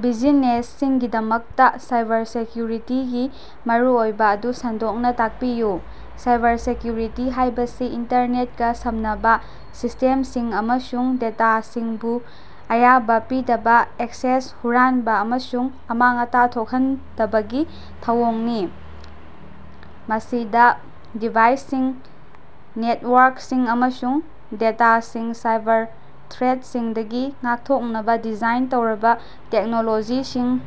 ꯕꯤꯖꯤꯅꯦꯁꯁꯤꯡꯒꯤꯗꯃꯛꯇ ꯁꯥꯏꯕꯔꯁꯦꯛꯌꯨꯔꯤꯇꯤꯒꯤ ꯃꯔꯨꯑꯣꯏꯕ ꯑꯗꯨ ꯁꯟꯗꯣꯛꯅꯥ ꯇꯥꯛꯄꯤꯌꯨ꯫ ꯁꯥꯏꯕꯔꯁꯦꯛꯌꯨꯔꯤꯇꯤ ꯍꯥꯏꯕꯁꯤ ꯏꯟꯇꯔꯅꯦꯠꯀꯥ ꯁꯝꯅꯕ ꯁꯤꯁꯇꯦꯝꯁꯤꯡ ꯑꯃꯁꯨꯡ ꯗꯦꯇꯥꯁꯤꯡꯕꯨ ꯑꯌꯥꯕꯥ ꯄꯤꯗꯕ ꯑꯦꯛꯁꯦꯁ ꯍꯨꯔꯥꯟꯕ ꯑꯃꯁꯨꯡ ꯑꯃꯥꯡ ꯑꯇꯥ ꯊꯣꯛꯍꯟꯗꯕꯒꯤ ꯊꯧꯑꯣꯡꯅꯤ꯫ ꯃꯁꯤꯗ ꯗꯤꯚꯥꯏꯁꯁꯤꯡ ꯅꯦꯇꯋꯥꯔꯛꯁꯤꯡ ꯑꯃꯁꯨꯡ ꯗꯦꯇꯥꯁꯤꯡ ꯁꯥꯏꯕꯔ ꯊ꯭ꯔꯦꯠꯁꯤꯡꯗꯒꯤ ꯉꯥꯛꯊꯣꯛꯅꯕ ꯗꯤꯖꯥꯏꯟ ꯇꯧꯔꯕ ꯇꯦꯛꯅꯣꯂꯣꯖꯤꯁꯤꯡ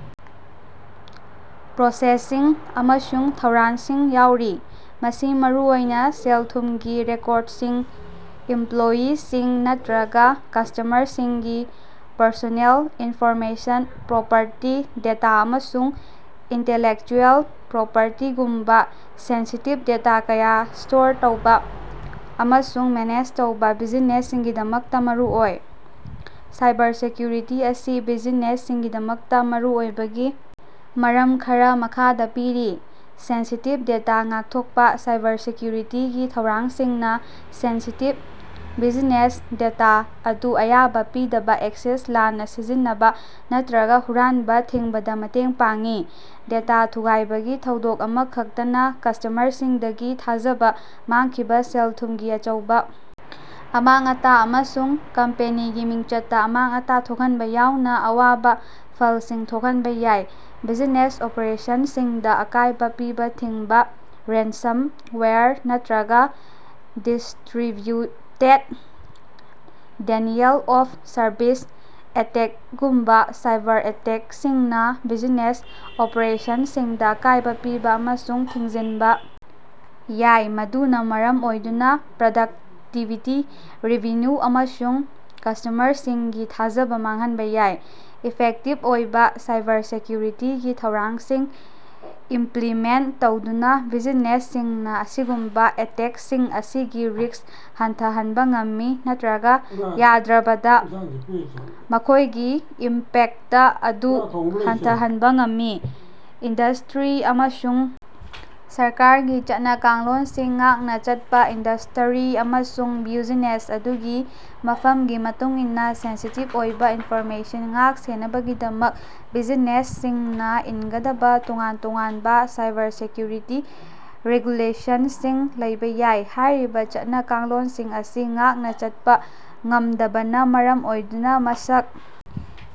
ꯄ꯭ꯔꯣꯁꯦꯁꯁꯤꯡ ꯑꯃꯁꯨꯡ ꯊꯧꯔꯥꯡꯁꯤꯡ ꯌꯥꯎꯔꯤ꯫ ꯃꯁꯤ ꯃꯔꯨꯑꯣꯏꯅ ꯁꯦꯜ ꯊꯨꯝꯒꯤ ꯔꯦꯀꯣꯔꯠꯁꯤꯡ ꯏꯝꯄꯂꯣꯌꯤꯁꯤꯡ ꯅꯠꯇ꯭ꯔꯒ ꯀꯁꯇꯃꯔꯁꯤꯡꯒꯤ ꯄꯔꯁꯣꯅꯦꯜ ꯏꯟꯐꯣꯔꯃꯦꯁꯟ ꯄ꯭ꯔꯣꯄꯔꯇꯤ ꯗꯦꯇꯥ ꯑꯃꯁꯨꯡ ꯏꯟꯇꯦꯂꯦꯛꯆꯨꯑꯦꯜ ꯄ꯭ꯔꯣꯄꯔꯇꯤꯒꯨꯝꯕ ꯁꯦꯟꯁꯤꯇꯤꯞ ꯗꯦꯇꯥ ꯀꯌꯥ ꯁꯇꯣꯔ ꯇꯧꯕ ꯑꯃꯁꯨꯡ ꯃꯦꯅꯦꯖ ꯇꯧꯕ ꯕꯤꯖꯤꯅꯦꯁꯁꯤꯡꯒꯤꯗꯃꯛꯇ ꯃꯔꯨꯑꯣꯏ꯫ ꯁꯥꯏꯕꯔꯁꯦꯛꯌꯨꯔꯤꯇꯤ ꯑꯁꯤ ꯕꯤꯖꯤꯅꯦꯁꯁꯤꯡꯒꯤꯗꯃꯛꯇ ꯃꯔꯨꯑꯣꯏꯕꯒꯤ ꯃꯔꯝ ꯈꯔꯥ ꯃꯈꯥꯗ ꯄꯤꯔꯤ ꯁꯦꯟꯁꯤꯇꯤꯚ ꯗꯦꯇꯥ ꯉꯥꯛꯊꯣꯛꯄ ꯁꯥꯏꯕꯔꯁꯦꯛꯌꯨꯔꯤꯇꯤꯒꯤ ꯊꯧꯔꯥꯡꯁꯤꯡꯅ ꯁꯦꯟꯁꯤꯇꯤꯞ ꯕꯤꯖꯅꯦꯁ ꯗꯦꯇꯥ ꯑꯗꯨ ꯑꯌꯥꯕ ꯄꯤꯗꯕ ꯑꯦꯛꯁꯦꯁ ꯂꯥꯟꯅ ꯁꯤꯖꯤꯟꯅꯕ ꯅꯠꯇ꯭ꯔꯒ ꯍꯨꯔꯥꯟꯕ ꯊꯤꯡꯕꯗ ꯃꯇꯦꯡ ꯄꯥꯡꯏ꯫ ꯗꯦꯇꯥ ꯊꯨꯒꯥꯏꯕꯒꯤ ꯊꯧꯗꯣꯛ ꯑꯃꯈꯛꯇꯅ ꯀꯁꯇꯃꯔꯁꯤꯡꯗꯒꯤ ꯊꯥꯖꯕ ꯃꯥꯡꯈꯤꯕ ꯁꯦꯜ ꯊꯨꯝꯒꯤ ꯑꯆꯧꯕ ꯑꯃꯥꯡ ꯑꯇꯥ ꯑꯃꯁꯨꯡ ꯀꯝꯄꯦꯅꯤꯒꯤ ꯃꯤꯡꯆꯠꯇ ꯑꯃꯥꯡ ꯑꯇꯥ ꯊꯣꯛꯍꯟꯕ ꯌꯥꯎꯅ ꯑꯋꯥꯕ ꯐꯜꯁꯤꯡ ꯊꯣꯛꯍꯟꯕ ꯌꯥꯏ꯫ ꯕꯤꯖꯤꯅꯦꯁ ꯑꯣꯄꯔꯦꯁꯅꯁꯤꯡꯗ ꯑꯀꯥꯏꯕ ꯄꯤꯕ ꯊꯤꯡꯕ ꯔꯦꯟꯁꯝꯋꯥꯌꯔ ꯅꯠꯇ꯭ꯔꯒꯥ ꯗꯤꯁꯇꯔꯤꯕꯌꯨꯇꯦꯠ ꯗꯦꯅꯤꯑꯦꯜ ꯑꯣꯐ ꯁꯔꯚꯤꯁ ꯑꯦꯇꯦꯛꯒꯨꯝꯕ ꯁꯥꯏꯕꯔ ꯑꯦꯇꯦꯛꯁꯤꯡꯅ ꯕꯤꯖꯤꯅꯦꯁ ꯑꯣꯄꯔꯦꯁꯟꯁꯤꯡꯗ ꯑꯀꯥꯏꯕ ꯄꯤꯕ ꯑꯃꯁꯨꯡ ꯊꯤꯡꯖꯤꯟꯕ ꯌꯥꯏ ꯃꯗꯨꯅ ꯃꯔꯝ ꯑꯣꯏꯗꯨꯅ ꯄ꯭ꯔꯗꯛꯇꯤꯚꯤꯇꯤ ꯔꯦꯚꯤꯟꯌꯨ ꯑꯃꯁꯨꯡ ꯀꯁꯇꯃꯔꯁꯤꯡꯒꯤ ꯊꯥꯖꯕ ꯃꯥꯡꯍꯟꯕ ꯌꯥꯏ꯫ ꯏꯐꯦꯛꯇꯤꯚ ꯑꯣꯏꯕ ꯁꯥꯏꯕꯔꯁꯦꯛꯌꯨꯔꯤꯇꯤꯒꯤ ꯊꯧꯔꯥꯡꯁꯤꯡ ꯏꯝꯄꯂꯤꯃꯦꯟꯇ ꯇꯧꯗꯨꯅ ꯕꯤꯖꯤꯅꯦꯁꯁꯤꯡꯅ ꯑꯁꯤꯒꯨꯝꯕ ꯑꯦꯇꯦꯛꯁꯤꯡ ꯑꯁꯤꯒꯤ ꯔꯤꯁ꯭ꯛ ꯍꯟꯊꯍꯟꯕ ꯉꯝꯃꯤ ꯅꯠꯇ꯭ꯔꯒꯥ ꯌꯥꯝꯗ꯭ꯔꯕꯗ ꯃꯈꯣꯏꯒꯤ ꯏꯝꯄꯦꯛꯇ ꯑꯗꯨ ꯍꯟꯊꯍꯟꯕ ꯉꯝꯃꯤ꯫ ꯏꯟꯗꯁꯇꯔꯤ ꯑꯃꯁꯨꯡ ꯁꯔꯀꯥꯔꯒꯤ ꯆꯠꯅ ꯀꯥꯡꯂꯣꯟꯁꯤꯡ ꯉꯥꯛꯅ ꯆꯠꯄ ꯏꯟꯗꯁꯇꯔꯤ ꯑꯃꯁꯨꯡ ꯕ꯭ꯌꯨꯖꯤꯅꯦꯁ ꯑꯗꯨꯒꯤ ꯃꯐꯝꯒꯤ ꯃꯇꯨꯡꯏꯟꯅ ꯁꯦꯟꯁꯤꯇꯤꯞ ꯑꯣꯏꯕ ꯏꯟꯐꯣꯔꯃꯦꯁꯟ ꯉꯥꯛ ꯁꯦꯟꯅꯕꯒꯤꯗꯃꯛ ꯕꯤꯖꯤꯅꯦꯁꯁꯤꯡꯅ ꯏꯟꯒꯗꯕ ꯇꯣꯉꯥꯟ ꯇꯣꯉꯥꯟꯕ ꯁꯥꯏꯕꯔꯁꯦꯛꯌꯨꯔꯤꯇꯤ ꯔꯦꯒꯨꯂꯦꯁꯟꯁꯤꯡ ꯂꯩꯕꯥꯌꯥꯏ꯫ ꯍꯥꯏꯔꯤꯕ ꯆꯠꯅ ꯀꯥꯡꯂꯣꯟꯁꯤꯡ ꯑꯁꯤ ꯉꯥꯛꯅ ꯆꯠꯄ ꯉꯝꯗꯕꯅ ꯃꯔꯝ ꯑꯣꯏꯗꯨꯅ ꯃꯁꯛ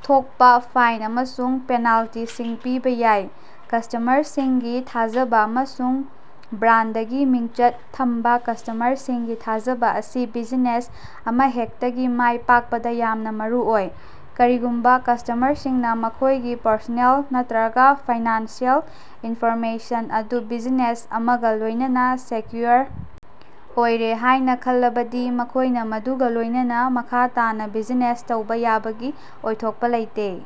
ꯊꯣꯛꯄꯥ ꯐꯥꯏꯟ ꯑꯃꯁꯨꯡ ꯄꯦꯅꯥꯜꯇꯤꯁꯤꯡ ꯄꯤꯕ ꯌꯥꯏ꯫ ꯀꯁꯇꯃꯔꯁꯤꯡꯒꯤ ꯊꯥꯖꯕ ꯑꯃꯁꯨꯡ ꯕ꯭ꯔꯥꯟꯗꯒꯤ ꯃꯤꯡꯆꯠ ꯊꯝꯕ ꯀꯁꯇꯃꯔꯁꯤꯡꯒꯤ ꯊꯥꯖꯕ ꯑꯁꯤ ꯕꯤꯖꯤꯅꯦꯁ ꯑꯃꯍꯦꯛꯇꯒꯤ ꯃꯥꯏ ꯄꯥꯛꯄꯗ ꯌꯥꯝꯅ ꯃꯔꯨꯑꯣꯏ꯫ ꯀꯔꯤꯒꯨꯝꯕ ꯀꯁꯇꯃꯔꯁꯤꯡꯅ ꯃꯈꯣꯏꯒꯤ ꯄꯔꯁꯣꯅꯦꯜ ꯅꯠꯇ꯭ꯔꯒꯥ ꯐꯥꯏꯅꯥꯟꯁꯤꯑꯦꯜ ꯏꯟꯐꯣꯔꯃꯦꯁꯟ ꯑꯗꯨ ꯕꯤꯖꯤꯅꯦꯁ ꯑꯃꯒ ꯂꯣꯏꯅꯅ ꯁꯦꯛꯌꯨꯑꯣꯔ ꯑꯣꯏꯔꯦ ꯍꯥꯏꯅ ꯈꯜꯂꯕꯗꯤ ꯃꯈꯣꯏꯅ ꯃꯗꯨꯒ ꯂꯣꯏꯅꯅ ꯃꯈꯥ ꯇꯥꯅ ꯕꯤꯖꯤꯅꯦꯁ ꯇꯧꯕ ꯌꯥꯕꯒꯤ ꯑꯣꯏꯊꯣꯛꯄ ꯂꯩꯇꯦ꯫